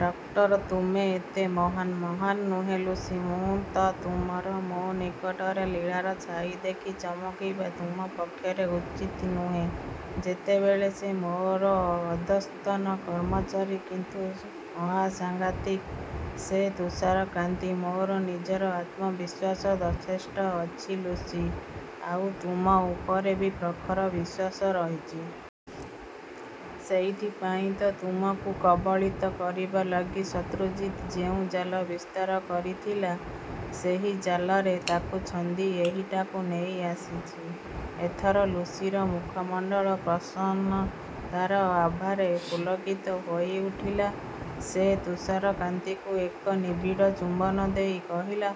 Doctor... ତୁମେ ଏତେ ମହାନ୍! ମହାନ୍ ନୁହେଁ ଲୁସି, ମୁଁ ତ ତୁମର। ମୋ ନିକଟରେ ଲୀଳାର ଛାଇ ଦେଖି ଚମକିବା ତୁମ ପକ୍ଷରେ ଉଚିତ୍ ନୁହେଁ, ଯେତେବେଳେ ସେ ମୋର ଅଧସ୍ତନ କର୍ମଚାରୀ। କିନ୍ତୁ ମହାସାଙ୍ଘାତିକ ସେ ତୁଷାରକାନ୍ତି! ମୋର ନିଜର ଆତ୍ମବିଶ୍ୱାସ ଯଥେଷ୍ଟ ଅଛି ଲୁସି, ଆଉ ତୁମ ଉପରେ ବି ପ୍ରଖର ବିଶ୍ୱାସ ରହିଛି। ସେଇଥିପାଇଁ ତ ତୁମକୁ କବଳିତ କରିବା ଲାଗି ଶତ୍ରୁଜିତ୍ ଯେଉଁ ଜାଲ ବିସ୍ତାର କରିଥିଲା, ସେହି ଜାଲରେ ତାକୁ ଛନ୍ଦି ଏହିଠାକୁ ନେଇ ଆସିଛି। ଏଥର ଲୁସିର ମୁଖମଣ୍ଡଳ ପ୍ରସନ୍ନତାର ଆଭାରେ ପୁଲକିତ ହୋଇଉଠିଲା। ସେ ତୁଷାରକାନ୍ତିଙ୍କୁ ଏକ ନିବିଡ଼ ଚୁମ୍ବନ ଦେଇ କହିଲା,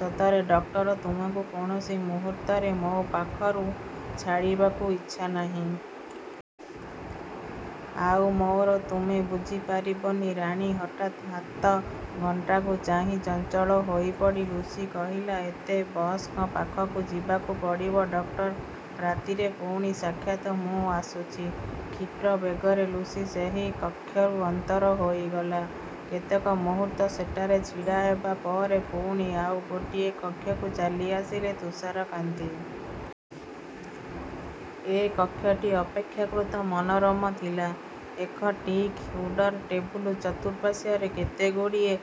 ସତରେ ଡକ୍ଟର, ତୁମକୁ କୌଣସି ମୁହୂର୍ତ୍ତରେ ମୋ ପାଖରୁ ଛାଡ଼ିବାକୁ ଇଚ୍ଛା ନାହିଁ। ଆଉ ମୋର ତୁମେ ବୁଝିପାରିବନି ରାଣୀ ହଠାତ୍ ହାତଘଣ୍ଟାକୁ ଚାହିଁ ଚଞ୍ଚଳ ହୋଇପଡ଼ି ଲୁସି କହିଲା, ଏବେ ବସ୍‌ଙ୍କ ପାଖକୁ ଯିବାକୁ ପଡ଼ିବ ଡକ୍ଟର। ରାତିରେ ପୁଣି ସାକ୍ଷାତ, ମୁଁ ଆସୁଛି। କ୍ଷିପ୍ର ବେଗରେ ଲୁସି ସେହି କକ୍ଷରୁ ଅନ୍ତର ହୋଇଗଲା। କେତେକ ମୁହୂର୍ତ୍ତ ସେଠାରେ ଛିଡ଼ା ହେବା ପରେ ପୁଣି ଆଉ ଗୋଟିଏ କକ୍ଷକୁ ଚାଲିଆସିଲେ ତୁଷାରକାନ୍ତି। ଏ କକ୍ଷଟି ଅପେକ୍ଷାକୃତ ମନୋରମ ଥିଲା। ଏକ ଟିକ୍ ଉଡ୍‌ର ଟେବୁଲ୍ ଚତୁଃପାର୍ଶ୍ୱରେ କେତେଗୁଡ଼ିଏ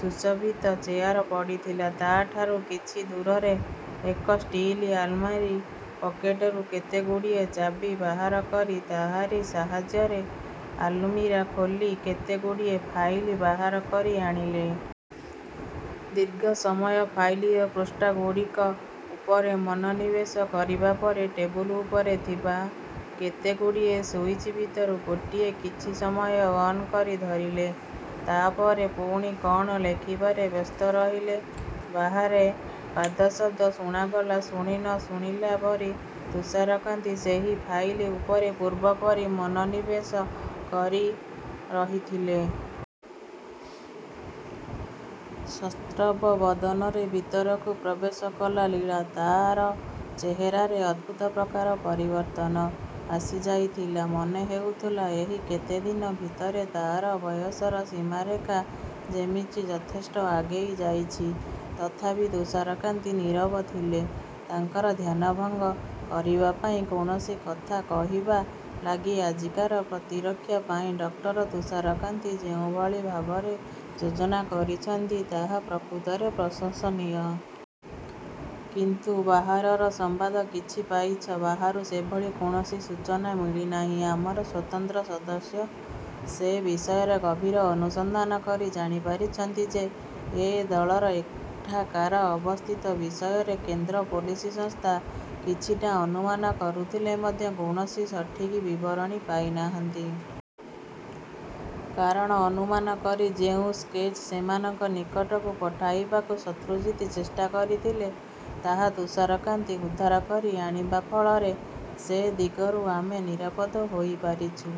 ସୁଶୋଭିତ ଚେୟାର ପଡ଼ିଥିଲା। ତା’ ଠାରୁ କିଛି ଦୂରରେ ଏକ ଷ୍ଟିଲ୍ ଆଲମିରା। ପକେଟ୍‌ରୁ କେତେଗୁଡ଼ିଏ ଚାବି ବାହାର କରି ତାହାରି ସାହାଯ୍ୟରେ ଆଲମିରା ଖୋଲି କେତେଗୁଡ଼ିଏ ଫାଇଲ୍ ବାହାର କରି ଆଣିଲେ। ଦୀର୍ଘ ସମୟ ଫାଇଲ୍‌ର ପୃଷ୍ଠାଗୁଡ଼ିକ ଉପରେ ମନୋନିବେଶ କରିବା ପରେ, ଟେବୁଲ୍ ଉପରେ ଥିବା କେତେଗୁଡ଼ିଏ ସୁଇଚ୍ ଭିତରୁ ଗୋଟିଏ କିଛି ସମୟ ଅନ୍ କରି ଧରିଲେ। ତା’ ପରେ ପୁଣି କ’ଣ ଲେଖିବାରେ ବ୍ୟସ୍ତ ରହିଲେ। ବାହାରେ ପାଦଶବ୍ଦ ଶୁଣାଗଲା। ଶୁଣି ନ ଶୁଣିଲା ପରି ତୁଷାରକାନ୍ତି ସେହି ଫାଇଲ୍ ଉପରେ ପୂର୍ବ ପରି ମନୋନିବେଶ କରି ରହିଥିଲେ। ସତ୍ରସ୍ତ ବଦନରେ ଭିତରକୁ ପ୍ରବେଶ କଲା ଲୀଳା। ତା’ର ଚେହେରାରେ ଅଦ୍ଭୁତ ପ୍ରକାର ପରିବର୍ତ୍ତନ ଆସିଯାଇଥିଲା। ମନେ ହେଉଥିଲା, ଏହି କେତେ ଦିନ ଭିତରେ ତା’ର ବୟସର ସୀମାରେଖା ଯେମିତି ଯଥେଷ୍ଟ ଆଗେଇ ଯାଇଛି। ତଥାପି ତୁଷାରକାନ୍ତି ନୀରବ ଥିଲେ। ତାଙ୍କର ଧ୍ୟାନଭଙ୍ଗ କରିବା ପାଇଁ କୌଣସି କଥା କହିବା ଲାଗି ଆଜିକାର ପ୍ରତିରକ୍ଷା ପାଇଁ ଡକ୍ଟର ତୁଷାରକାନ୍ତି ଯେଉଁଭଳି ଭାବରେ ଯୋଜନା କରିଛନ୍ତି, ତାହା ପ୍ରକୃତରେ ପ୍ରଶଂସନୀୟ। କିନ୍ତୁ ବାହାରର ସମ୍ବାଦ କିଛି ପାଇଛ? ବାହାରୁ ସେଭଳି କୌଣସି ସୂଚନା ମିଳି ନାହିଁ। ଆମର ସ୍ୱତନ୍ତ୍ର ସଦସ୍ୟ ସେ ବିଷୟରେ ଗଭୀର ଅନୁସନ୍ଧାନ କରି ଜାଣିପାରିଛନ୍ତି ଯେ, ଏ ଦଳର ଏଠାକାର ଅବସ୍ଥିତି ବିଷୟରେ କେନ୍ଦ୍ର ପୋଲିସ ସଂସ୍ଥା କିଛିଟା ଅନୁମାନ କରୁଥିଲେ ମଧ୍ୟ କୌଣସି ସଠିକ୍ ବିବରଣୀ ପାଇ ନାହାନ୍ତି। କାରଣ ଅନୁମାନ କରି ଯେଉଁ ସ୍କେଚ୍ ସେମାନଙ୍କ ନିକଟକୁ ପଠାଇବାକୁ ଶତ୍ରୁଜିତ୍ ଚେଷ୍ଟା କରିଥିଲେ, ତାହା ତୁଷାରକାନ୍ତି ଉଦ୍ଧାର କରି ଆଣିବା ଫଳରେ ସେ ଦିଗରୁ ଆମେ ନିରାପଦ ହୋଇପାରିଛୁ।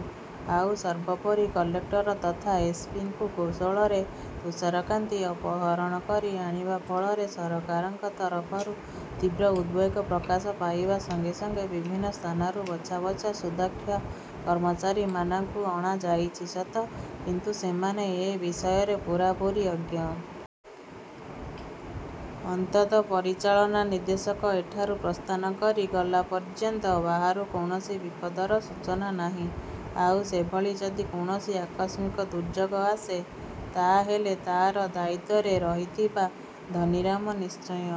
ଆଉ ସର୍ବୋପରି କଲେକ୍ଟର ତଥା ଏସ୍ ପି ଙ୍କୁ କୌଶଳରେ ତୁଷାରକାନ୍ତି ଅପହରଣ କରି ଆଣିବା ଫଳରେ ସରକାରଙ୍କ ତରଫରୁ ତୀବ୍ର ଉଦ୍‌ବେଗ ପ୍ରକାଶ ପାଇବା ସଙ୍ଗେ ସଙ୍ଗେ ବିଭିନ୍ନ ସ୍ଥାନରୁ ବଛା ବଛା ସୁଦକ୍ଷ କର୍ମଚାରୀମାନଙ୍କୁ ଅଣାଯାଇଛି ସତ, କିନ୍ତୁ ସେମାନେ ଏ ବିଷୟରେ ପୂରାପୂରି ଅଜ୍ଞ। ଅନ୍ତତଃ ପରିଚାଳନା ନିର୍ଦ୍ଦେଶକ ଏଠାରୁ ପ୍ରସ୍ଥାନ କରି ଗଲା ପର୍ଯ୍ୟନ୍ତ ବାହାରୁ କୌଣସି ବିପଦର ସୂଚନା ନାହିଁ। ଆଉ ସେଭଳି ଯଦି କୌଣସି ଆକସ୍ମିକ ଦୁର୍ଯୋଗ ଆସେ, ତା’ ହେଲେ ତା’ର ଦାୟିତ୍ୱରେ ରହିଥିବା ଧନୀରାମ ନିଶ୍ଚୟ